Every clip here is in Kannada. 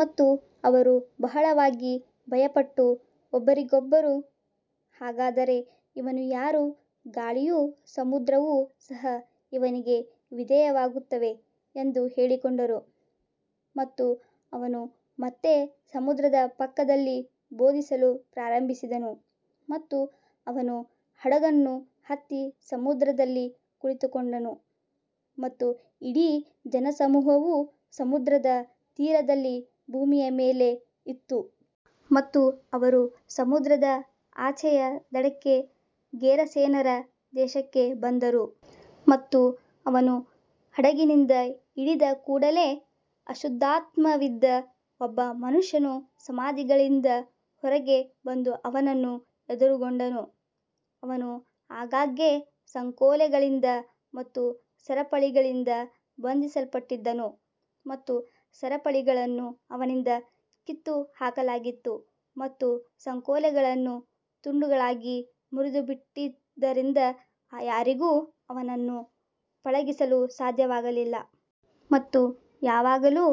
ಮತ್ತು ಅವರು ಬಹಳವಾಗಿ ಭಯಪಟ್ಟು ಒಬ್ಬರಿಗೊಬ್ಬರು, ಹಾಗಾದರೆ ಇವನು ಯಾರು, ಗಾಳಿಯೂ ಸಮುದ್ರವೂ ಸಹ ಇವನಿಗೆ ವಿಧೇಯವಾಗುತ್ತವೆ ಎಂದು ಹೇಳಿಕೊಂಡರು. ಮತ್ತು ಅವನು ಮತ್ತೆ ಸಮುದ್ರದ ಪಕ್ಕದಲ್ಲಿ ಬೋಧಿಸಲು ಪ್ರಾರಂಭಿಸಿದನು ಮತ್ತು ಅವನು ಹಡಗನ್ನು ಹತ್ತಿ ಸಮುದ್ರದಲ್ಲಿ ಕುಳಿತುಕೊಂಡನು ಮತ್ತು ಇಡೀ ಜನಸಮೂಹವು ಸಮುದ್ರದ ತೀರದಲ್ಲಿ ಭೂಮಿಯ ಮೇಲೆ ಇತ್ತು. ಮತ್ತು ಅವರು ಸಮುದ್ರದ ಆಚೆಯ ದಡಕ್ಕೆ, ಗೆರಸೇನರ ದೇಶಕ್ಕೆ ಬಂದರು. ಮತ್ತು ಅವನು ಹಡಗಿನಿಂದ ಇಳಿದ ಕೂಡಲೆ ಅಶುದ್ಧಾತ್ಮವಿದ್ದ ಒಬ್ಬ ಮನುಷ್ಯನು ಸಮಾಧಿಗಳಿಂದ ಹೊರಗೆ ಬಂದು ಅವನನ್ನು ಎದುರುಗೊಂಡನು. ಅವನು ಆಗಾಗ್ಗೆ ಸಂಕೋಲೆಗಳಿಂದ ಮತ್ತು ಸರಪಳಿಗಳಿಂದ ಬಂಧಿಸಲ್ಪಟ್ಟಿದ್ದನು ಮತ್ತು ಸರಪಳಿಗಳನ್ನು ಅವನಿಂದ ಕಿತ್ತುಹಾಕಲಾಗಿತ್ತು ಮತ್ತು ಸಂಕೋಲೆಗಳನ್ನು ತುಂಡುಗಳಾಗಿ ಮುರಿದುಬಿಟ್ಟಿದ್ದರಿಂದ ಯಾರಿಗೂ ಅವನನ್ನು ಪಳಗಿಸಲು ಸಾಧ್ಯವಾಗಲಿಲ್ಲ. ಮತ್ತು ಯಾವಾಗಲೂ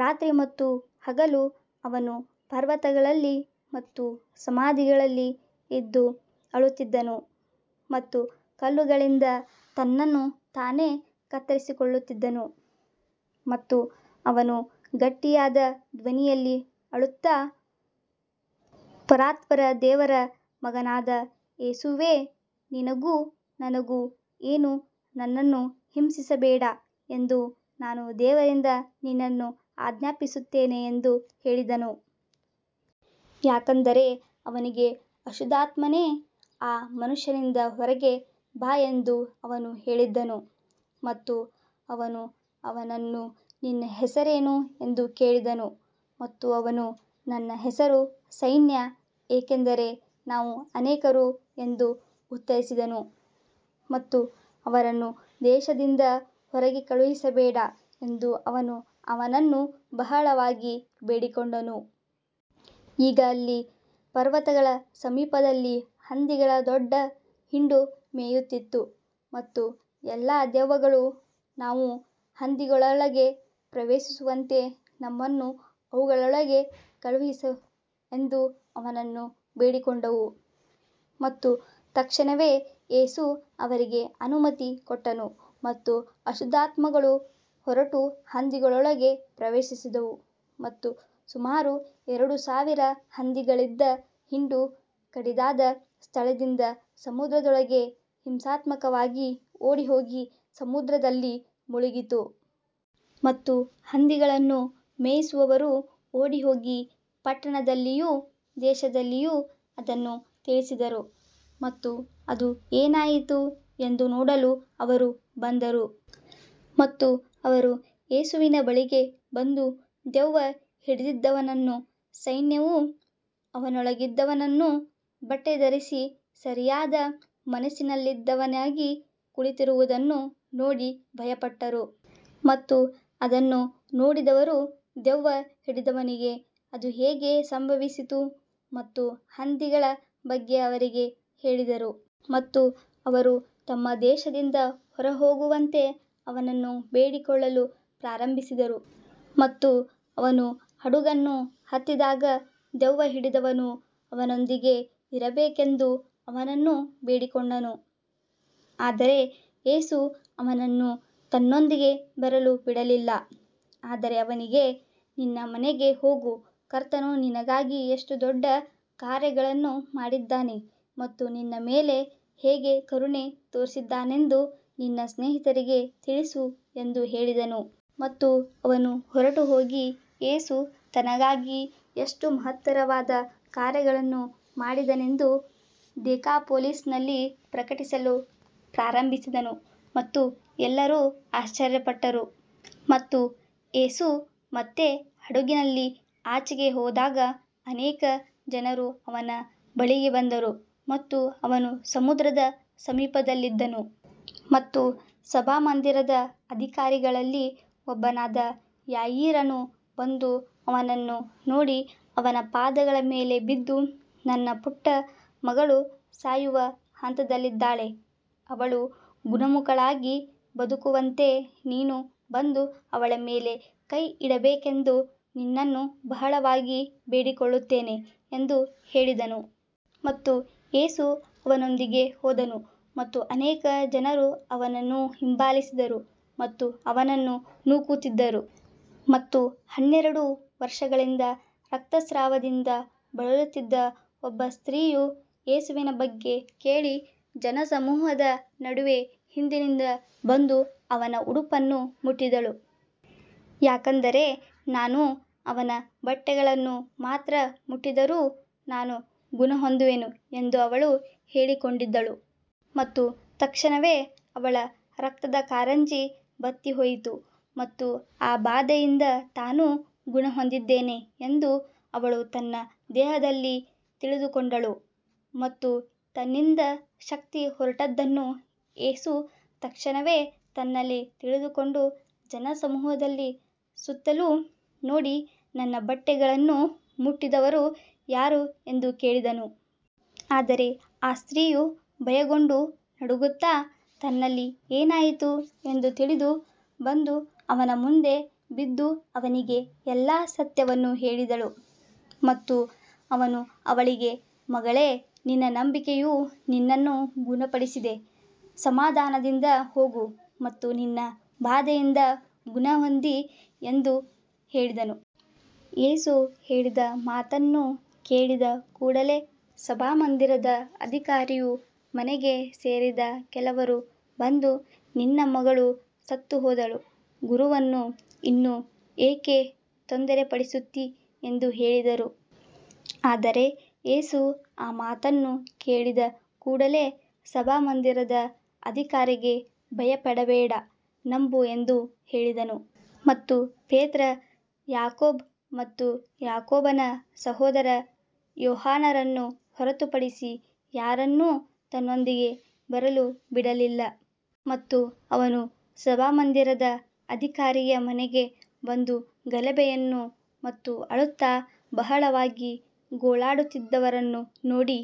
ರಾತ್ರಿ ಮತ್ತು ಹಗಲು ಅವನು ಪರ್ವತಗಳಲ್ಲಿ ಮತ್ತು ಸಮಾಧಿಗಳಲ್ಲಿ ಇದ್ದು ಅಳುತ್ತಿದ್ದನು ಮತ್ತು ಕಲ್ಲುಗಳಿಂದ ತನ್ನನ್ನು ತಾನೇ ಕತ್ತರಿಸಿಕೊಳ್ಳುತ್ತಿದ್ದನು. ಮತ್ತು ಅವನು ಗಟ್ಟಿಯಾದ ಧ್ವನಿಯಲ್ಲಿ ಅಳುತ್ತಾ, ಪರಾತ್ಪರ ದೇವರ ಮಗನಾದ ಯೇಸುವೇ, ನಿನಗೂ ನನಗೂ ಏನು, ನನ್ನನ್ನು ಹಿಂಸಿಸಬೇಡ ಎಂದು ನಾನು ದೇವರಿಂದ ನಿನ್ನನ್ನು ಆಜ್ಞಾಪಿಸುತ್ತೇನೆ ಎಂದು ಹೇಳಿದನು. ಯಾಕಂದರೆ ಅವನಿಗೆ, ಅಶುದ್ಧಾತ್ಮನೇ, ಆ ಮನುಷ್ಯನಿಂದ ಹೊರಗೆ ಬಾ ಎಂದು ಅವನು ಹೇಳಿದ್ದನು. ಮತ್ತು ಅವನು ಅವನನ್ನು, ನಿನ್ನ ಹೆಸರೇನು ಎಂದು ಕೇಳಿದನು ಮತ್ತು ಅವನು, ನನ್ನ ಹೆಸರು ಸೈನ್ಯ, ಏಕೆಂದರೆ ನಾವು ಅನೇಕರು ಎಂದು ಉತ್ತರಿಸಿದನು. ಮತ್ತು ಅವರನ್ನು ದೇಶದಿಂದ ಹೊರಗೆ ಕಳುಹಿಸಬೇಡ ಎಂದು ಅವನು ಅವನನ್ನು ಬಹಳವಾಗಿ ಬೇಡಿಕೊಂಡನು. ಈಗ ಅಲ್ಲಿ ಪರ್ವತಗಳ ಸಮೀಪದಲ್ಲಿ ಹಂದಿಗಳ ದೊಡ್ಡ ಹಿಂಡು ಮೇಯುತ್ತಿತ್ತು. ಮತ್ತು ಎಲ್ಲಾ ದೆವ್ವಗಳು, ನಾವು ಹಂದಿಗಳೊಳಗೆ ಪ್ರವೇಶಿಸುವಂತೆ ನಮ್ಮನ್ನು ಅವುಗಳೊಳಗೆ ಕಳುಹಿಸು ಎಂದು ಅವನನ್ನು ಬೇಡಿಕೊಂಡವು. ಮತ್ತು ತಕ್ಷಣವೇ ಯೇಸು ಅವರಿಗೆ ಅನುಮತಿ ಕೊಟ್ಟನು ಮತ್ತು ಅಶುದ್ಧಾತ್ಮಗಳು ಹೊರಟು ಹಂದಿಗಳೊಳಗೆ ಪ್ರವೇಶಿಸಿದವು ಮತ್ತು ಸುಮಾರು ಎರಡು ಸಾವಿರ ಹಂದಿಗಳಿದ್ದ ಹಿಂಡು ಕಡಿದಾದ ಸ್ಥಳದಿಂದ ಸಮುದ್ರದೊಳಗೆ ಹಿಂಸಾತ್ಮಕವಾಗಿ ಓಡಿಹೋಗಿ ಸಮುದ್ರದಲ್ಲಿ ಮುಳುಗಿತು. ಮತ್ತು ಹಂದಿಗಳನ್ನು ಮೇಯಿಸುವವರು ಓಡಿಹೋಗಿ ಪಟ್ಟಣದಲ್ಲಿಯೂ ದೇಶದಲ್ಲಿಯೂ ಅದನ್ನು ತಿಳಿಸಿದರು ಮತ್ತು ಅದು ಏನಾಯಿತು ಎಂದು ನೋಡಲು ಅವರು ಬಂದರು. ಮತ್ತು ಅವರು ಯೇಸುವಿನ ಬಳಿಗೆ ಬಂದು ದೆವ್ವ ಹಿಡಿದಿದ್ದವನನ್ನು, ಸೈನ್ಯವು ಅವನೊಳಗಿದ್ದವನನ್ನು, ಬಟ್ಟೆ ಧರಿಸಿ ಸರಿಯಾದ ಮನಸ್ಸಿನಲ್ಲಿದ್ದವನಾಗಿ ಕುಳಿತಿರುವುದನ್ನು ನೋಡಿ ಭಯಪಟ್ಟರು. ಮತ್ತು ಅದನ್ನು ನೋಡಿದವರು ದೆವ್ವ ಹಿಡಿದವನಿಗೆ ಅದು ಹೇಗೆ ಸಂಭವಿಸಿತು ಮತ್ತು ಹಂದಿಗಳ ಬಗ್ಗೆ ಅವರಿಗೆ ಹೇಳಿದರು. ಮತ್ತು ಅವರು ತಮ್ಮ ದೇಶದಿಂದ ಹೊರಹೋಗುವಂತೆ ಅವನನ್ನು ಬೇಡಿಕೊಳ್ಳಲು ಪ್ರಾರಂಭಿಸಿದರು. ಮತ್ತು ಅವನು ಹಡಗನ್ನು ಹತ್ತಿದಾಗ ದೆವ್ವ ಹಿಡಿದವನು ಅವನೊಂದಿಗೆ ಇರಬೇಕೆಂದು ಅವನನ್ನು ಬೇಡಿಕೊಂಡನು. ಆದರೆ ಯೇಸು ಅವನನ್ನು ತನ್ನೊಂದಿಗೆ ಬರಲು ಬಿಡಲಿಲ್ಲ, ಆದರೆ ಅವನಿಗೆ, ನಿನ್ನ ಮನೆಗೆ ಹೋಗು, ಕರ್ತನು ನಿನಗಾಗಿ ಎಷ್ಟು ದೊಡ್ಡ ಕಾರ್ಯಗಳನ್ನು ಮಾಡಿದ್ದಾನೆ ಮತ್ತು ನಿನ್ನ ಮೇಲೆ ಹೇಗೆ ಕರುಣೆ ತೋರಿಸಿದ್ದಾನೆಂದು ನಿನ್ನ ಸ್ನೇಹಿತರಿಗೆ ತಿಳಿಸು ಎಂದು ಹೇಳಿದನು. ಮತ್ತು ಅವನು ಹೊರಟುಹೋಗಿ ಯೇಸು ತನಗಾಗಿ ಎಷ್ಟು ಮಹತ್ತರವಾದ ಕಾರ್ಯಗಳನ್ನು ಮಾಡಿದನೆಂದು ದೆಕಾಪೊಲಿಸ್‌ನಲ್ಲಿ ಪ್ರಕಟಿಸಲು ಪ್ರಾರಂಭಿಸಿದನು ಮತ್ತು ಎಲ್ಲರೂ ಆಶ್ಚರ್ಯಪಟ್ಟರು. ಮತ್ತು ಯೇಸು ಮತ್ತೆ ಹಡಗಿನಲ್ಲಿ ಆಚೆಗೆ ಹೋದಾಗ ಅನೇಕ ಜನರು ಅವನ ಬಳಿಗೆ ಬಂದರು ಮತ್ತು ಅವನು ಸಮುದ್ರದ ಸಮೀಪದಲ್ಲಿದ್ದನು. ಮತ್ತು ಸಭಾಮಂದಿರದ ಅಧಿಕಾರಿಗಳಲ್ಲಿ ಒಬ್ಬನಾದ ಯಾಯೀರನು ಬಂದು ಅವನನ್ನು ನೋಡಿ ಅವನ ಪಾದಗಳ ಮೇಲೆ ಬಿದ್ದು, ನನ್ನ ಪುಟ್ಟ ಮಗಳು ಸಾಯುವ ಹಂತದಲ್ಲಿದ್ದಾಳೆ, ಅವಳು ಗುಣಮುಖಳಾಗಿ ಬದುಕುವಂತೆ ನೀನು ಬಂದು ಅವಳ ಮೇಲೆ ಕೈ ಇಡಬೇಕೆಂದು ನಿನ್ನನ್ನು ಬಹಳವಾಗಿ ಬೇಡಿಕೊಳ್ಳುತ್ತೇನೆ ಎಂದು ಹೇಳಿದನು. ಮತ್ತು ಯೇಸು ಅವನೊಂದಿಗೆ ಹೋದನು ಮತ್ತು ಅನೇಕ ಜನರು ಅವನನ್ನು ಹಿಂಬಾಲಿಸಿದರು ಮತ್ತು ಅವನನ್ನು ನೂಕುತ್ತಿದ್ದರು. ಮತ್ತು ಹನ್ನೆರಡು ವರ್ಷಗಳಿಂದ ರಕ್ತಸ್ರಾವದಿಂದ ಬಳಲುತ್ತಿದ್ದ ಒಬ್ಬ ಸ್ತ್ರೀಯು, ಯೇಸುವಿನ ಬಗ್ಗೆ ಕೇಳಿ, ಜನಸಮೂಹದ ನಡುವೆ ಹಿಂದಿನಿಂದ ಬಂದು ಅವನ ಉಡುಪನ್ನು ಮುಟ್ಟಿದಳು. ಯಾಕಂದರೆ, ನಾನು ಅವನ ಬಟ್ಟೆಗಳನ್ನು ಮಾತ್ರ ಮುಟ್ಟಿದರೂ ನಾನು ಗುಣಹೊಂದುವೆನು ಎಂದು ಅವಳು ಹೇಳಿಕೊಂಡಿದ್ದಳು. ಮತ್ತು ತಕ್ಷಣವೇ ಅವಳ ರಕ್ತದ ಕಾರಂಜಿ ಬತ್ತಿಹೋಯಿತು ಮತ್ತು ಆ ಬಾಧೆಯಿಂದ ತಾನು ಗುಣಹೊಂದಿದ್ದೇನೆ ಎಂದು ಅವಳು ತನ್ನ ದೇಹದಲ್ಲಿ ತಿಳಿದುಕೊಂಡಳು. ಮತ್ತು ತನ್ನಿಂದ ಶಕ್ತಿ ಹೊರಟದ್ದನ್ನು ಯೇಸು ತಕ್ಷಣವೇ ತನ್ನಲ್ಲಿ ತಿಳಿದುಕೊಂಡು ಜನಸಮೂಹದಲ್ಲಿ ಸುತ್ತಲೂ ನೋಡಿ, ನನ್ನ ಬಟ್ಟೆಗಳನ್ನು ಮುಟ್ಟಿದವರು ಯಾರು ಎಂದು ಕೇಳಿದನು. ಆದರೆ ಆ ಸ್ತ್ರೀಯು ಭಯಗೊಂಡು ನಡುಗುತ್ತಾ, ತನ್ನಲ್ಲಿ ಏನಾಯಿತು ಎಂದು ತಿಳಿದು, ಬಂದು ಅವನ ಮುಂದೆ ಬಿದ್ದು ಅವನಿಗೆ ಎಲ್ಲಾ ಸತ್ಯವನ್ನು ಹೇಳಿದಳು. ಮತ್ತು ಅವನು ಅವಳಿಗೆ, ಮಗಳೇ, ನಿನ್ನ ನಂಬಿಕೆಯು ನಿನ್ನನ್ನು ಗುಣಪಡಿಸಿದೆ, ಸಮಾಧಾನದಿಂದ ಹೋಗು ಮತ್ತು ನಿನ್ನ ಬಾಧೆಯಿಂದ ಗುಣಹೊಂದಿ ಎಂದು ಹೇಳಿದನು. ಯೇಸು ಹೇಳಿದ ಮಾತನ್ನು ಕೇಳಿದ ಕೂಡಲೆ ಸಭಾಮಂದಿರದ ಅಧಿಕಾರಿಯ ಮನೆಗೆ ಸೇರಿದ ಕೆಲವರು ಬಂದು, ನಿನ್ನ ಮಗಳು ಸತ್ತುಹೋದಳು, ಗುರುವನ್ನು ಇನ್ನು ಏಕೆ ತೊಂದರೆಪಡಿಸುತ್ತೀ ಎಂದು ಹೇಳಿದರು. ಆದರೆ ಯೇಸು ಆ ಮಾತನ್ನು ಕೇಳಿದ ಕೂಡಲೆ ಸಭಾಮಂದಿರದ ಅಧಿಕಾರಿಗೆ, ಭಯಪಡಬೇಡ, ನಂಬು ಎಂದು ಹೇಳಿದನು. ಮತ್ತು ಪೇತ್ರ, ಯಾಕೋಬ ಮತ್ತು ಯಾಕೋಬನ ಸಹೋದರ ಯೋಹಾನರನ್ನು ಹೊರತುಪಡಿಸಿ ಯಾರನ್ನೂ ತನ್ನೊಂದಿಗೆ ಬರಲು ಬಿಡಲಿಲ್ಲ. ಮತ್ತು ಅವನು ಸಭಾಮಂದಿರದ ಅಧಿಕಾರಿಯ ಮನೆಗೆ ಬಂದು ಗಲಭೆಯನ್ನು ಮತ್ತು ಅಳುತ್ತಾ ಬಹಳವಾಗಿ ಗೋಳಾಡುತ್ತಿದ್ದವರನ್ನು ನೋಡಿ.